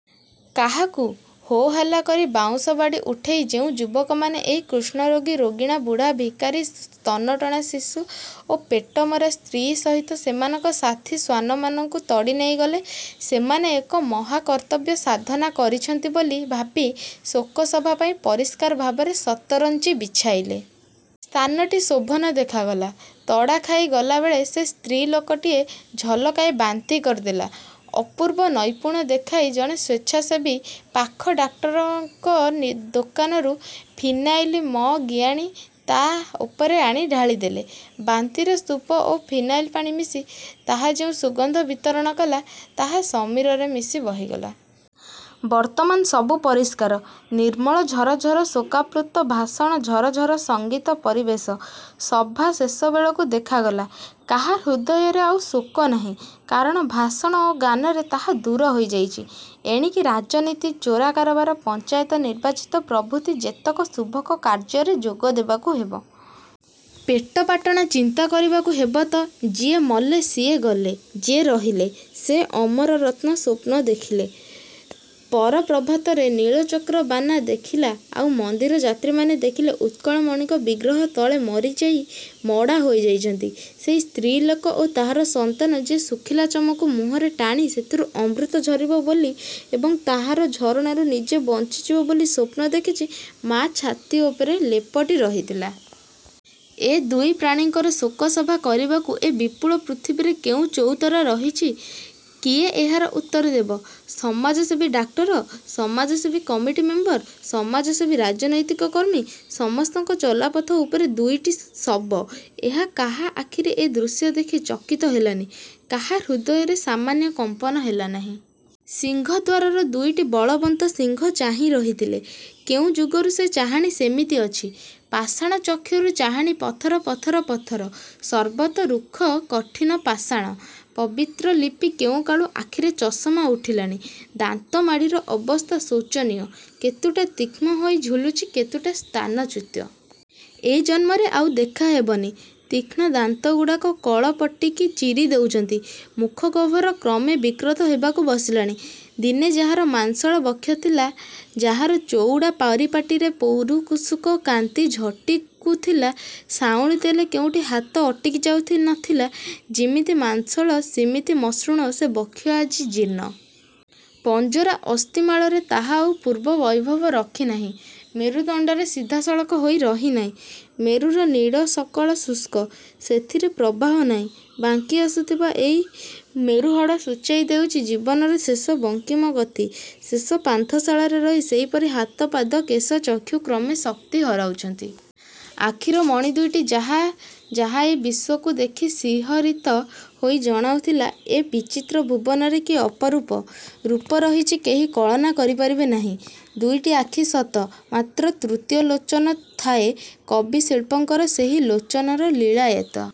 କାହାକୁ? ହୋ-ହଲ୍ଲା କରି, ବାଉଁଶବାଡ଼ି ଉଠେଇ ଯେଉଁ ଯୁବକମାନେ ଏହି କୁଷ୍ଠରୋଗୀ, ରୋଗିଣୀ, ବୁଢ଼ା, ଭିକାରି, ସ୍ତନଟଣା ଶିଶୁ ଓ ପେଟମରା ସ୍ତ୍ରୀ ସହିତ ସେମାନଙ୍କର ସାଥୀ ଶ୍ୱାନମାନଙ୍କୁ ତଡ଼ିନେଇଗଲେ, ସେମାନେ ଏକ ମହାକର୍ତ୍ତବ୍ୟ ସାଧନ କରିଛନ୍ତି ବୋଲି ଭାବି ଶୋକସଭାପାଇଁ ପରିଷ୍କାର ଭାବରେ ସତରଞ୍ଚି ବିଛାଇଲେ। ସ୍ଥାନଟି ଶୋଭନ ଦେଖାଗଲା। ତଡ଼ାଖାଇ ଗଲାବେଳେ ସେ ସ୍ତ୍ରୀ ଲୋକଟି ଝଲକାଏ ବାନ୍ତି କରିଦେଲା। ଅପୂର୍ବ ନୈପୁଣ୍ୟ ଦେଖାଇ ଜଣେ ସ୍ୱେଚ୍ଛାସେବୀ ପାଖ ଡାକ୍ତରଙ୍କ ଦୋକାନରୁ ଫିନାଇଲ ମ ଗିଆଣି ତାହା ଉପରେ ଢାଳିଦେଲେ। ବାନ୍ତିର ସ୍ତୁପ ଓ ଫିନାଇଲ ପାଣି ମିଶି ତାହା ଯେଉଁ ସୁଗନ୍ଧ ବିତରଣକଲା ତାହା ସମୀରରେ ମିଶି ବହିଗଲା। ବର୍ତ୍ତମାନ ସବୁ ପରିଷ୍କାର… ନିର୍ମଳ ଝରଝର ଶୋକାପ୍ଳୁତ ଭାଷଣ… ଝରଝର ସଙ୍ଗୀତ ପରିବେଷଣ। ସଭା ଶେଷବେଳକୁ ଦେଖାଗଲା, କାହା ହୃଦୟରେ ଆଉ ଶୋକ ନାହିଁ। କାରଣ, ଭାଷଣ ଓ ଗାନରେ ତାହା ଦୂର ହୋଇଯାଇଛି। ଏଣିକି ରାଜନୀତି, ଚୋରା କାରବାର, ପଞ୍ଚାୟତ ନିର୍ବାଚନ ପ୍ରଭୃତି ଯେତେକ ଶୁଭକ ର୍ଯ୍ୟରେ ଯୋଗଦେବାକୁ ହେବ। ପେଟପାଟଣା ଚିନ୍ତାକରିବାକୁ ହେବ ତ!! ଯିଏ ମଲେ, ସିଏ ଗଲେ… ଯିଏ ରହିଲେ,। ସେ ଅମରତ୍ୱର ସ୍ୱପ୍ନ ଦେଖିଲେ… ପର ପ୍ରଭାତର ନୀଳଚକ୍ର ବାନା ଦେଖିଲା, ଆଉ ମନ୍ଦିର ଯାତ୍ରୀମାନେ ଦେଖିଲେ ଉତ୍କଳମଣିଙ୍କ ବିଗ୍ରହ ତଳେ ମରିଯାଇ ମଡ଼ା ହୋଇଯାଇଛନ୍ତି ସେଇ ସ୍ତ୍ରୀଲୋକ ଓ ତାହାର ସନ୍ତାନ, ଯିଏ ଶୁଖିଲା ଚମକୁ ମୁହଁରେ ଟାଣି ସେଥିରୁ ଅମୃତ ଝରିବ ବୋଲି ଏବଂ ତାହାରି ଝରଣାରୁ ନିଜେ ବଞ୍ଚିଯିବ ବୋଲି ସ୍ୱପ୍ନ ଦେଖି ମା' ଛାତି ଉପରେ ଲେପଟିରହିଥିଲା। ଏ ଦୁଇ ପ୍ରାଣୀଙ୍କର ଶୋକସଭା କରିବାକୁ ଏ ବିପୁଳ ପୃଥିବୀରେ କେଉଁ ଚଉତରା ରହିଛି? କିଏ ଏହାର ଉତ୍ତର ଦେବ? ସମାଜସେବୀ ଡାକ୍ତର! ସମାଜସେବୀ କମିଟି ମେମ୍ବର! ସମାଜସେବୀ ରାଜନୈତିକ କର୍ମୀ… ସମସ୍ତଙ୍କର ଚଲାପଥ ଉପରେ ଦୁଇଟି ଶବ… କାହାର ଆଖି ଏ ଦୃଶ୍ୟ ଦେଖି ଚକିତ ହେଲାନି, କାହା ହୃଦୟରେ ସାମାନ୍ୟ କମ୍ପନ ହେଲାନାହିଁ। ସିଂହଦ୍ୱାରର ଦୁଇଟି ବଳବନ୍ତ ସିଂହ ଚାହିଁ ରହିଥିଲେ। କେଉଁ ଯୁଗରୁ ସେ ଚାହାଣି ସେମିତି ଅଛି। ପାଷାଣ ଚକ୍ଷୁର ଚାହାଣି… ପଥର… ପଥର… ପଥର… ସର୍ବତ୍ର ରୁକ୍ଷ କଠିନ ପାଷାଣ। ପବିତ୍ରଲିପି କେଉଁକାଳୁ ଆଖିରେ ଚଷମା ଉଠିଲାଣି। ଦାନ୍ତମାଢ଼ିର ଅବସ୍ଥା ଶୋଚନୀୟ; କେତୁଟା ତୀକ୍ଷ୍ମ ହୋଇ ଝୁଲୁଛି, କେତୁଟା ସ୍ଥାନଚ୍ୟୁତ। ଏ ଜନ୍ମରେ ଆଉ ଦେଖାହେବନି। ତୀକ୍ଷ୍ମ ଦାନ୍ତଗୁଡ଼ାକ କଳପଟିକି ଚିରିଦଉଛନ୍ତି। ମୁଖଗହ୍ୱର କ୍ରମେ ବିକୃତ ହେବାକୁ ବସିଲାଣି। ଦିନେ ଯାହାର ମାଂସଳ ବକ୍ଷ ଥିଲା, ଯାହାର ଚଉଡ଼ା ପରିପାଟିରେ ପୌରୁଷର କାନ୍ତି ଝଟକୁଥିଲା, ସାଉଁଳିଦେଲେ କେଉଁଠି ହାତ ଅଟକି ଯାଉନଥିଲା; ଯିମିତି ମାଂସଳ ସିମିତି ମସୃଣ, ସେ ବକ୍ଷ ଆଜି ଜୀର୍ଣ୍ଣ। ପଞ୍ଜରା ଅସ୍ଥିମାଳରେ ତାହା ଆଉ ପୂର୍ବ ବୈଭବ ରଖିନାହିଁ। ମେରୁଦଣ୍ଡ ସିଧାସଳଖ ହୋଇ ରହିନାହିଁ। ମେରୁର ନାଡ଼ୀସକଳ ଶୁଷ୍କ। ସେଥିରେ ପ୍ରବାହ ନାହିଁ। ବାଙ୍କିହୋଇ ଆସୁଥିବା ଏଇ ମେରୁହାଡ଼ ସୂଚାଇ ଦେଉଛି ଜୀବନର ଶେଷ ବଙ୍କିମ ଗତି ଶେଷ ପାନ୍ଥଶାଳା ପାଖରେ… ସେହିପରି ହାତ, ପାଦ, କେଶ, ଚକ୍ଷୁ କ୍ରମେ ଶକ୍ତି ହରାଉଛନ୍ତି। ଆଖିର ମଣି ଦୁଇଟି ଯାହା ଯାହା ଏ ବିଶ୍ୱକୁ ଦେଖି ଶିହରିତ ହୋଇ ଜଣାଇଦେଉଥିଲା ଏ ବିଚିତ୍ର ଭୁବନରେ କି ଅପରୂପ ରୂପ ରହିଛି, କେହି କଳନା କରିପାରିବେ ନାହିଁ। ଦୁଇଟି ଆଖି ସତ, ମାତ୍ର ତୃତୀୟ ଲୋଚନ ଥାଏ କବି, ଶିଳ୍ପୀଙ୍କର… ସେହି ଲୋଚନର ଲୀଳାୟିତ